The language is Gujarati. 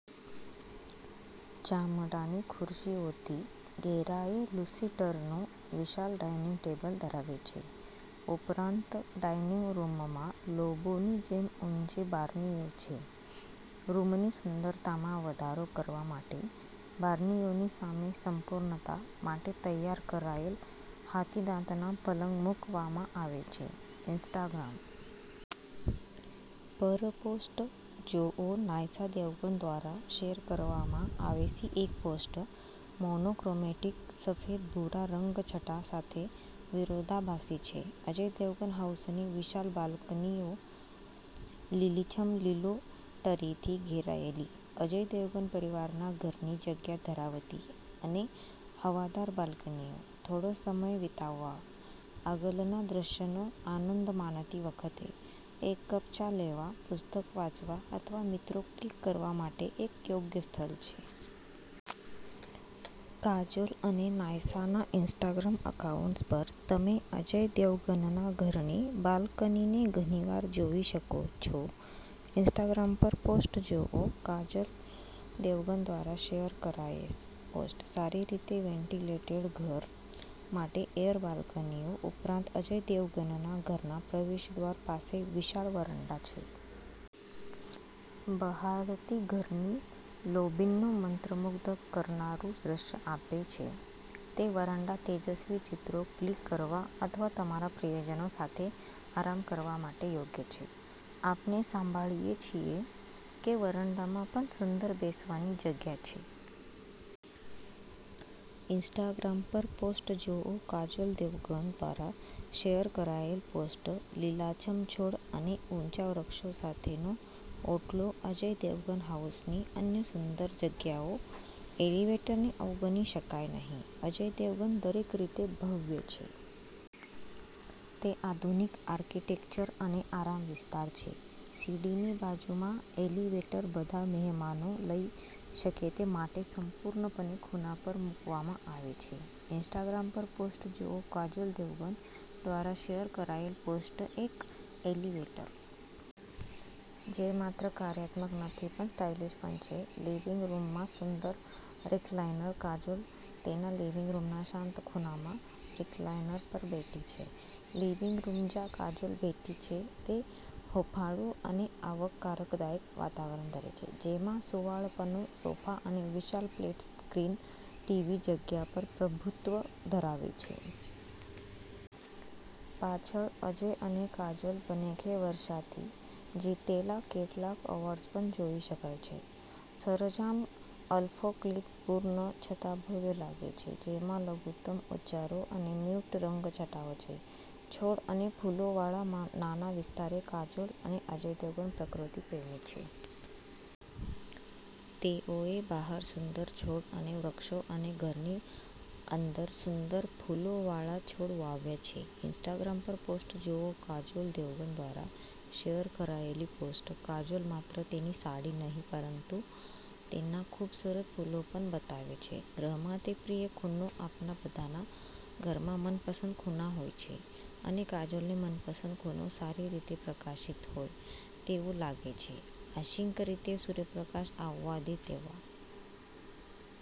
ચામડાની ખુરશીઓથી ઘેરાયેલુંસીટરનું વિશાળ ડાઇનિંગ ટેબલ ધરાવે છે. ઉપરાંત, ડાઇનિંગ રૂમમાં લોબીની જેમ ઊંચી બારીઓ છે. રૂમની સુંદરતામાં વધારો કરવા માટે બારીઓની સામે, સંપૂર્ણતા માટે તૈયાર કરાયેલ હાથીદાંતના પલંગ મૂકવામાં આવે છે. ઇન્સ્ટાગ્રામ પરપોસ્ટ જુઓ ન્યાસા દેવગન દ્વારા શેર કરવામાં આવેલી એક પોસ્ટ મોનોક્રોમેટિક સફેદ ભૂરા રંગછટા સાથે વિરોધાભાસી છે અજય દેવગન હાઉસની વિશાળ બાલ્કનીઓ લીલીછમ લીલોતરીથી ઘેરાયેલ, અજય દેવગન પરિવારના ઘરની જગ્યા ધરાવતી અને હવાદાર બાલ્કનીઓ થોડો સમય વિતાવવા, આગળના દૃશ્યનો આનંદ માણતી વખતે એક કપ ચા લેવા, પુસ્તક વાંચવા અથવા ચિત્રો ક્લિક કરવા માટે એક યોગ્ય સ્થળ છે. કાજોલ અને ન્યાસાના ઇન્સ્ટાગ્રામ એકાઉન્ટ્સ પર તમે અજય દેવગનના ઘરનીબાલ્કનીને ઘણીવાર જોઈ શકો છો. ઇન્સ્ટાગ્રામ પરપોસ્ટ જુઓ કાજોલ દેવગન દ્વારા શેર કરાયેલ પોસ્ટ સારી રીતે વેન્ટિલેટેડ ઘર માટે એર બાલ્કનીઓ ઉપરાંત, અજય દેવગનના ઘરના પ્રવેશદ્વાર પાસે વિશાળ વરંડા છે. બહારથી ઘરની લોબીનું મંત્રમુગ્ધ કરનારું દૃશ્ય આપે છે તે વરંડા તેજસ્વી ચિત્રો ક્લિક કરવા અથવા તમારા પ્રિયજનો સાથે આરામ કરવા માટે યોગ્ય છે. આપણે સાંભળીએ છીએ કે વરંડામાં પણ સુંદર બેસવાની જગ્યા છે. ઇન્સ્ટાગ્રામ પર પોસ્ટ જુઓ કાજોલ દેવગન દ્વારા શેર કરાયેલ પોસ્ટ લીલાછમ છોડ અને ઊંચા વૃક્ષો સાથેનો ઓટલો અજય દેવગન હાઉસની અન્ય સુંદર જગ્યાઓ એલિવેટરને અવગણી શકાય નહીં અજય દેવગન દરેક રીતે ભવ્ય છે. તે આધુનિક આર્કિટેક્ચર અને આરામ વિશે છે. સીડીની બાજુમાં એલિવેટર બધા મહેમાનો લઈ શકે તે માટે સંપૂર્ણપણે ખૂણા પર મૂકવામાં આવે છે. ઇન્સ્ટાગ્રામ પરપોસ્ટ જુઓ કાજોલ દેવગન દ્વારા શેર કરાયેલ પોસ્ટ એક એલિવેટર જે માત્ર કાર્યાત્મક નથી પણ સ્ટાઇલિશ પણ છે લિવિંગ રૂમમાં સુંદર રેક્લાઇનર કાજોલ તેના લિવિંગ રૂમના શાંત ખૂણામાં રિક્લાઇનર પર બેઠી છે લિવિંગ રૂમ જ્યાં કાજોલ બેઠી છે તે હૂંફાળું અને આવકારદાયક વાતાવરણ ધરાવે છે, જેમાં સુંવાળપનો સોફા અને વિશાળ ફ્લેટ-સ્ક્રીન ટીવી જગ્યા પર પ્રભુત્વ ધરાવે છે. પાછળ, અજય અને કાજોલ બંનેએ વર્ષોથી જીતેલા કેટલાક એવોર્ડ્સ પણ જોઈ શકાય છે. સરંજામ અલ્પોક્તિપૂર્ણ છતાં ભવ્ય લાગે છે, જેમાં લઘુત્તમ ઉચ્ચારો અને મ્યૂટ રંગછટા છે. છોડ અને ફૂલોવાળા નાના વિસ્તારો કાજોલ અને અજય દેવગન પ્રકૃતિ પ્રેમી છે. તેઓએ બહાર સુંદર છોડ અને વૃક્ષો અને ઘરની અંદર સુંદર ફૂલોવાળા છોડ વાવ્યા છે. ઇન્સ્ટાગ્રામ પરપોસ્ટ જુઓ કાજોલ દેવગન દ્વારા શેર કરાયેલ પોસ્ટ કાજોલ માત્ર તેની સાડીનહીં પરંતુ તેના ખૂબસૂરત ફૂલો પણ બતાવે છે ગૃહમાં તે પ્રિય ખૂણો આપણા બધાના ઘરમાં મનપસંદ ખૂણા હોય છે, અને કાજોલનો મનપસંદ ખૂણો સારી રીતે પ્રકાશિત હોય તેવું લાગે છે. આંશિક રીતે સૂર્યપ્રકાશ આવવા દે તેવા